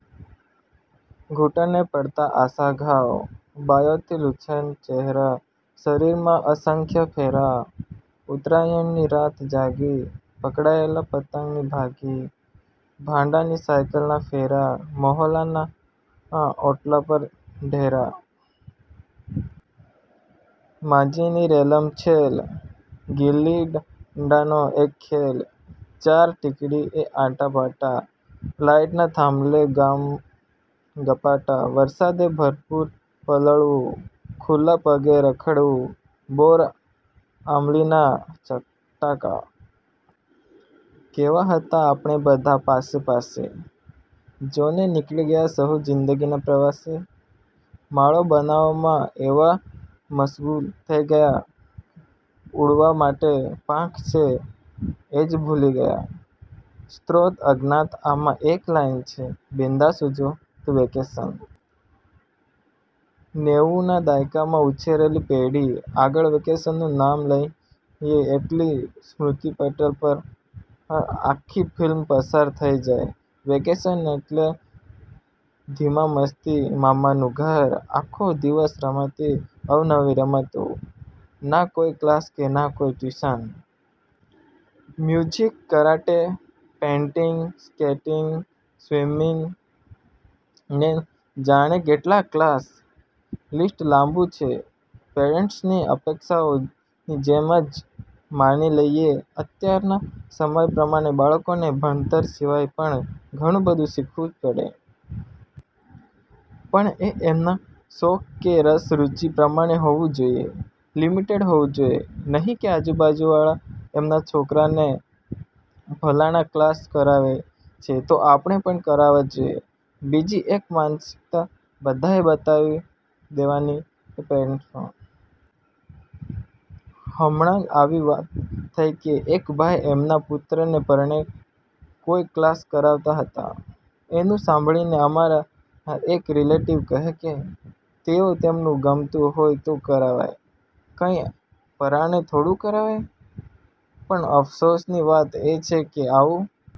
ઘૂંટણ એ પડતા આછા ઘાવ! બાયોં થી લુંછાતા ચેહરા! શેરીઓમાં અસંખ્ય ફેરાં! ઉતરાણ ની રાત જાગી! પકડાયલા પતંગ ની ભાગી! ભાડાં ની સાયકલ નાં ફેરાં! મહોલ્લાના ઓટલા પર ડેરા! મંજી ની રેલમ છેલ! ગીલ્લી ડંડા નો એ ખેલ! ચાર ઠીકડી ને આટા પાટા! લાઈટના થાંભલે ગામગપાટા! વરસાદે ભરપૂર પલળવું! ખુલ્લા પગે રખડવું! બોર આમલી નાં ચટાકા! કેવાં હતાં આપણે બધાં પાસે-પાસે? જો ને નીકળી ગયા સહુ જીંદગીના પ્રવાસે! માળો બનાવવામાં એવા મશગુલ થઇ ગયા; ઉડવા માટે પાંખ છે એજ ભૂલી ગયા! સ્ત્રોત: અજ્ઞાત આમાં એક લાઈન છે, બિન્દાસ ઉજવાતું વેકેશન. નેવુ ના દાયકામાં ઉછરેલી પેઢી આગળ વેકેશન નું નામ લાઇએને એટલે સ્મૃતિપટલ પર આખ્ખી ફિલ્મ પસાર થઈ જાય. વેકેશન એટલે ધીંગામસ્તી, મામાનું ઘર, આખ્ખો દિવસ રમાતી અવનવી રમતો, ના કોઈ કલાસ કે ના કોઈ tuition.. music, karate, painting, skating, swimming ને ના જાણે કેટલાક કલાસ.. લિસ્ટ લાબું છે, પેરેન્ટ્સ ની અપેક્ષાઓ ની જેમ જ. માની લઈએ કે અત્યારના સમય પ્રમાણે બાળકને ભણતર સિવાય પણ ઘણું બધુ શીખવવું જ પડે. પણ એ એમના શોખ કે રસ રુચિ પ્રમાણેનું હોવું જોઈએ, લિમિટેડ હોવું જોઈએ. નહિ કે બાજુવાળા એમના છોકરા ને ફલાણા કલાસ કરાવે છે તો આપણે પણ કરાવવા જોઈએ. બીજી એક માનસિકતા બધાને બતાવી દેવાની છે પેરેન્ટ્સ માં. હમણાંજ આવી વાત થઇ કે એક ભાઈ એમના પુત્રને પરણે કોઈ કલાસ કરાવતા હતા. એનું સાંભળીને અમારા એક રિલેટિવ કહે કે એ તો એને ગમતું હોય તો કરાવાય, કંઈ પરાણે થોડું કરાવાય.. પણ અફસોસની વાત એ છે કે આવું